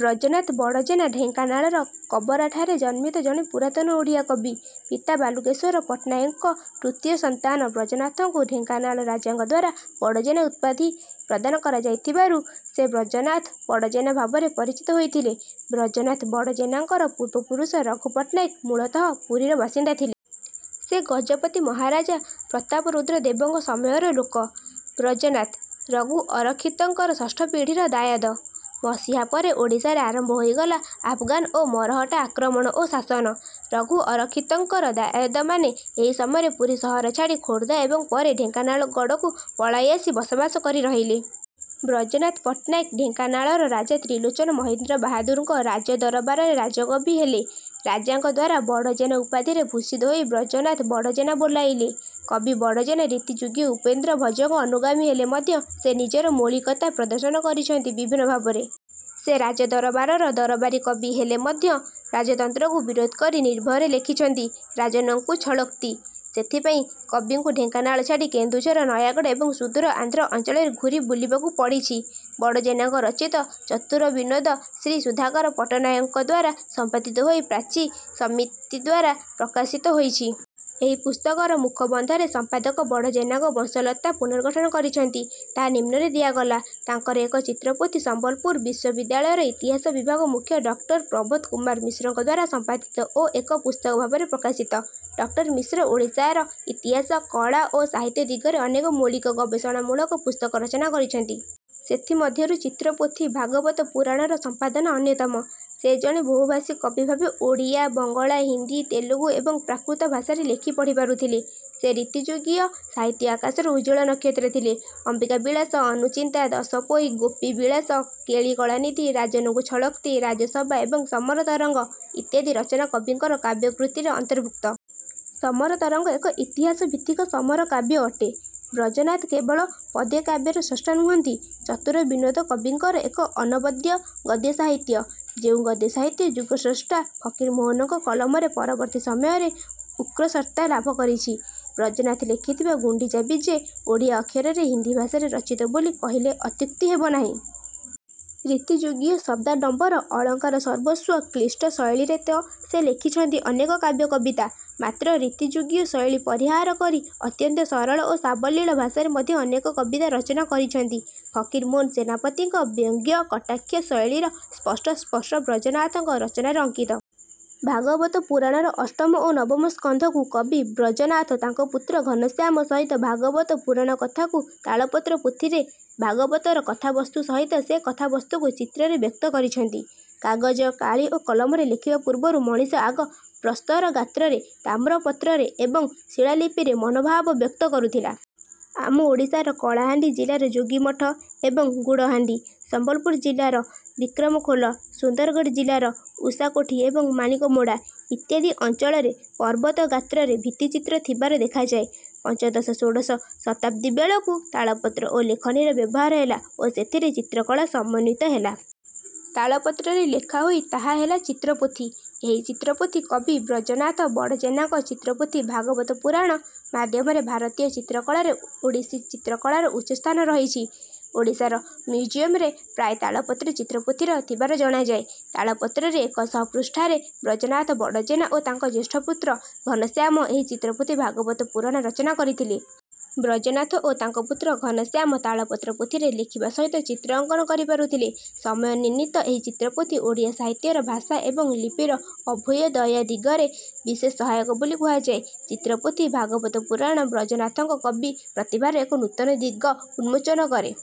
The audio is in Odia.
ବ୍ରଜନାଥ ବଡ଼ଜେନା ଢେଙ୍କାନାଳର କବରାଠାରେ ଜନ୍ମିତ ଜଣେ ପୁରାତନ ଓଡ଼ିଆ କବି। ପିତା ବାଲୁକେଶ୍ୱର ପଟ୍ଟନାୟକଙ୍କ ତୃତୀୟ ସନ୍ତାନ ବ୍ରଜନାଥଙ୍କୁ ଢେଙ୍କାନାଳ ରାଜାଙ୍କଦ୍ୱାରା ବଡ଼ଜେନା ଉପାଧି ପ୍ରଦାନ କରାଯାଇଥିବାରୁ, ସେ ବ୍ରଜନାଥ ବଡ଼ଜେନା ଭାବରେ ପରିଚିତ ହୋଇଥିଲେ। ବ୍ରଜନାଥ ବଡ଼ଜେନା ଙ୍କର ପୂର୍ବ ପୁରୁଷ ରଘୁ ପଟ୍ଟନାୟକ ମୂଳତଃ ପୁରୀର ବାସିନ୍ଦା ଥିଲେ। ସେ ଗଜପତି ମହାରାଜା ପ୍ରତାପରୁଦ୍ର ଦେବଙ୍କ ସମୟର ଲୋକ। ବ୍ରଜନାଥ, ରଘୁ ଅରକ୍ଷିତଙ୍କର ଷଷ୍ଠ ପିଢିର ଦାୟାଦ। ମସିହା ପରେ ଓଡ଼ିଶାରେ ଆରମ୍ଭ ହୋଇଗଲା ଆଫଗାନ ଓ ମରହଟ୍ଟା ଆକ୍ରମଣ ଓ ଶାସନ। ରଘୁ ଅରକ୍ଷିତଙ୍କର ଦାୟାଦମାନେ ଏହି ସମୟରେ ପୁରୀ ସହର ଛାଡ଼ି ଖୋର୍ଦ୍ଧା ଏବଂ ପରେ ଢେଙ୍କାନାଳଗଡ଼କୁ ପଳାଇ ଆସି ବସବାସ କରି ରହିଲେ। ବ୍ରଜନାଥ ପଟ୍ଟନାୟକ ଢେଙ୍କାନାଳର ରାଜା ତ୍ରିଲୋଚନ ମହୀନ୍ଦ୍ର ବାହାଦୁରଙ୍କ ରାଜ ଦରବାରର ରାଜକବି ହେଲେ। ରାଜାଙ୍କଦ୍ୱାରା 'ବଡ଼ଜେନା' ଉପାଧିରେ ଭୂଷିତ ହୋଇ ବ୍ରଜନାଥ ବଡ଼ଜେନା ବୋଲାଇଲେ। କବି ବଡଜେନା ରୀତିଯୁଗୀୟ ଉପେନ୍ଦ୍ର ଭଞ୍ଜଙ୍କ ଅନୁଗାମୀ ହେଲେ ମଧ୍ୟ ସେ ନିଜର ମୌଳିକତା ପ୍ରଦର୍ଶନ କରିଛନ୍ତି ବିଭିନ୍ନ ଭାବରେ। ସେ ରାଜ ଦରବାରର ଦରବାରୀ କବି ହେଲେ ମଧ୍ୟ ରାଜତନ୍ତ୍ରକୁ ବିରୋଧ କରି ନିର୍ଭୟରେ ଲେଖିଛନ୍ତି 'ରାଜନଙ୍କୁ ଛଳୋକ୍ତି'। ସେଥିପାଇଁ କବିଙ୍କୁ ଢେଙ୍କାନାଳ ଛାଡ଼ି କେନ୍ଦୁଝର, ନୟାଗଡ଼ ଏବଂ ସୁଦୂର ଆନ୍ଧ୍ର ଅଞ୍ଚଳରେ ଘୂରି ବୁଲିବାକୁ ପଡ଼ିଛି। ବଡ଼ଜେନାଙ୍କ ରଚିତ ଚତୁରବିନୋଦ ଶ୍ରୀ ସୁଧାକର ପଟ୍ଟନାୟକଙ୍କଦ୍ୱାରା ସମ୍ପାଦିତ ହୋଇ ପ୍ରାଚୀ ସମିତିଦ୍ୱାରା ପ୍ରକାଶିତ ହୋଇଛି। ଏହି ପୁସ୍ତକର ମୁଖବନ୍ଧରେ ସମ୍ପାଦକ ବଡ଼ଜେନାଙ୍କ ବଂଶଲତା ପୁନର୍ଗଠନ କରିଛନ୍ତି। ତାହା ନିମ୍ନରେ ଦିଆଗଲା। ତାଙ୍କର ଏକ ଚିତ୍ରପୋଥି ସମ୍ବଲପୁର ବିଶ୍ୱବିଦ୍ୟାଳୟର ଇତିହାସ ବିଭାଗ ମୁଖ୍ୟ ଡଃ ପ୍ରବୋଧ କୁମାର ମିଶ୍ରଙ୍କଦ୍ୱାରା ସମ୍ପାଦିତ ଓ ଏକ ପୁସ୍ତକଭାବରେ ପ୍ରକାଶିତ। ଡଃ ମିଶ୍ର ଓଡ଼ିଶାର ଇତିହାସ, କଳା ଓ ସାହିତ୍ୟ ଦିଗରେ ଅନେକ ମୌଳିକ ଗବେଷଣାମୂଳକ ପୁସ୍ତକ ରଚନା କରିଛନ୍ତି। ସେଥି ମଧ୍ୟରୁ ଚିତ୍ରପୋଥି-ଭାଗବତ ପୁରାଣର ସମ୍ପାଦନା ଅନ୍ୟତମ। ସେ ଜଣେ ବହୁ ଭାଷୀ କବି ଭାବେ ଓଡ଼ିଆ, ବଙ୍ଗଳା, ହିନ୍ଦୀ, ତେଲୁଗୁ ଏବଂ ପ୍ରାକୃତ ଭାଷାରେ ଲେଖି ପଢ଼ି ପାରୁଥିଲେ। ସେ ରୀତିଯୁଗୀୟ ସାହିତ୍ୟ ଆକାଶର ଉଜ୍ଜ୍ୱଳ ନକ୍ଷତ୍ର ଥିଲେ। ଅମ୍ବିକା ବିଳାସ, ଅନୁଚିନ୍ତା, ଦଶପୋଇ, ଗୋପୀ ବିଳାସ, କେଳି କଳାନିଧି, ରାଜନଙ୍କୁ ଛଳୋକ୍ତି, ରାଜସଭା ଏବଂ ସମର ତରଙ୍ଗ ଇତ୍ୟାଦି ରଚନା କବିଙ୍କର କାବ୍ୟକୃତିର ଅନ୍ତର୍ଭୁକ୍ତ। ସମର ତରଙ୍ଗ ଏକ ଇତିହାସଭିତ୍ତିକ ସମର କାବ୍ୟ ଅଟେ। ବ୍ରଜନାଥ କେବଳ ପଦ୍ୟକାବ୍ୟର ସ୍ରଷ୍ଟା ନୁହଁନ୍ତି, ଚତୁର ବିନୋଦ କବିଙ୍କର ଏକ ଅନବଦ୍ୟ ଗଦ୍ୟସାହିତ୍ୟ, ଯେଉଁ ଗଦ୍ୟସାହିତ୍ୟ ଯୁଗସ୍ରଷ୍ଟା ଫକିରମୋହନଙ୍କ କଲମରେ ପରବର୍ତ୍ତୀ ସମୟରେ ଉକ୍ରର୍ଷତା ଲାଭ କରିଛି। ବ୍ରଜନାଥ ଲେଖିଥିବା 'ଗୁଣ୍ଡିଚା ବିଜେ' ଓଡ଼ିଆ ଅକ୍ଷରରେ ହିନ୍ଦୀ ଭାଷାରେ ରଚିତ ବୋଲି କହିଲେ ଅତ୍ୟୁକ୍ତି ହେବ ନାହିଁ। ରୀତିଯୁଗୀୟ ଶବ୍ଦାଡମ୍ବର, ଅଳଙ୍କାର-ସର୍ବସ୍ୱ, କ୍ଳିଷ୍ଟ ଶୈଳୀରେ ତ ସେ ଲେଖିଛନ୍ତି ଅନେକ କାବ୍ୟ କବିତା; ମାତ୍ର ରୀତିଯୁଗୀୟ ଶୈଳୀ ପରିହାର କରି ଅତ୍ୟନ୍ତ ସରଳ ଓ ସାବଲୀଳ ଭାଷାରେ ମଧ୍ୟ ଅନେକ କବିତା ରଚନା କରିଛନ୍ତି। ଫକିରମୋହନ ସେନାପତିଙ୍କ ବ୍ୟଙ୍ଗ-କଟାକ୍ଷ ଶୈଳୀର ସ୍ପଷ୍ଟ ସ୍ପର୍ଶ ବ୍ରଜନାଥଙ୍କ ରଚନାରେ ଅଙ୍କିତ। ଭାଗବତ ପୁରାଣର ଅଷ୍ଟମ ଓ ନବମ ସ୍କନ୍ଧକୁ କବି ବ୍ରଜନାଥ ତାଙ୍କ ପୁତ୍ର ଘନଶ୍ୟାମ ସହିତ ଭାଗବତ ପୁରାଣ କଥାକୁ ତାଳପତ୍ର ପୋଥିରେ ଭାଗବତର କଥାବସ୍ତୁ ସହିତ ସେ କଥାବସ୍ତୁକୁ ଚିତ୍ରରେ ବ୍ୟକ୍ତ କରିଛନ୍ତି। କାଗଜ, କାଳି ଓ କଲମରେ ଲେଖିବା ପୂର୍ବରୁ ମଣିଷ ଆଗ ପ୍ରସ୍ତରଗାତ୍ରରେ, ତାମ୍ରପତ୍ରରେ ଏବଂ ଶିଳାଲିପିରେ ମନୋଭାବ ବ୍ୟକ୍ତ କରୁଥିଲା। ଆମ ଓଡ଼ିଶାର କଳାହାଣ୍ଡି ଜିଲାର ଯୋଗୀମଠ ଏବଂ ଗୁଡ଼ହାଣ୍ଡି, ସମ୍ବଲପୁର ଜିଲାର ବିକ୍ରମଖୋଲ, ସୁନ୍ଦରଗଡ଼ ଜିଲାର ଉଷାକୋଠି ଏବଂ ମାଣିକମୋଡ଼ା ଇତ୍ୟାଦି ଅଞ୍ଚଳରେ ପର୍ବତ ଗାତ୍ରରେ ଭିତ୍ତିଚିତ୍ର ଥିବାର ଦେଖାଯାଏ। ପଞ୍ଚଦଶ-ଷୋଡ଼ଶ ଶତାବ୍ଦୀବେଳକୁ ତାଳପତ୍ର ଓ ଲେଖନୀର ବ୍ୟବହାର ହେଲା ଓ ସେଥିରେ ଚିତ୍ରକଳା ସମନ୍ୱିତ ହେଲା। ତାଳପତ୍ରରେ ଲେଖାହୋଇ ତାହା ହେଲା ଚିତ୍ରପୋଥି। ଏହି ଚିତ୍ରପୋଥି କବି ବ୍ରଜନାଥ ବଡ଼ଜେନାଙ୍କ ଚିତ୍ରପୋଥି 'ଭାଗବତ ପୁରାଣ' ମାଧ୍ୟମରେ ଭାରତୀୟ ଚିତ୍ରକଳାରେ ଓଡ଼ିଶୀ ଚିତ୍ରକଳାର ଉଚ୍ଚସ୍ଥାନ ରହିଛି।। ଓଡ଼ିଶାର ମ୍ୟୁଜିୟମରେ ପ୍ରାୟ ତାଳପତ୍ର ଚିତ୍ରପୋଥିର ଥିବାର ଜଣାଯାଏ।। ତାଳପତ୍ରରେ ଏକ ଶହ ପୃଷ୍ଠାରେ ବ୍ରଜନାଥ ବଡ଼ଜେନା ଓ ତାଙ୍କ ଜ୍ୟେଷ୍ଠପୁତ୍ର ଘନଶ୍ୟାମ ଏହି ଚିତ୍ରପୋଥି ଭାଗବତ ପୁରାଣ ରଚନା କରିଥିଲେ। ବ୍ରଜନାଥ ଓ ତାଙ୍କ ପୁତ୍ର ଘନଶ୍ୟାମ ତାଳପତ୍ର ପୋଥିରେ ଲେଖିବା ସହିତ ଚିତ୍ର ଅଙ୍କନ କରି ପାରୁଥିଲେ। ସମୟ ନିର୍ଣ୍ଣିତ ଏହି ଚିତ୍ରପୋଥି ଓଡ଼ିଆ ସାହିତ୍ୟର ଭାଷା ଏବଂ ଲିପିର ଅଭୁ୍ୟଦୟ ଦିଗରେ ବିଶେଷ ସହାୟକ ବୋଲି କୁହାଯାଏ। ଚିତ୍ରପୋଥି -ଭାଗବତ ପୁରାଣ ବ୍ରଜନାଥଙ୍କ କବି ପ୍ରତିଭାର ଏକ ନୂତନ ଦିଗ ଉନ୍ମୋଚନ କରେ।।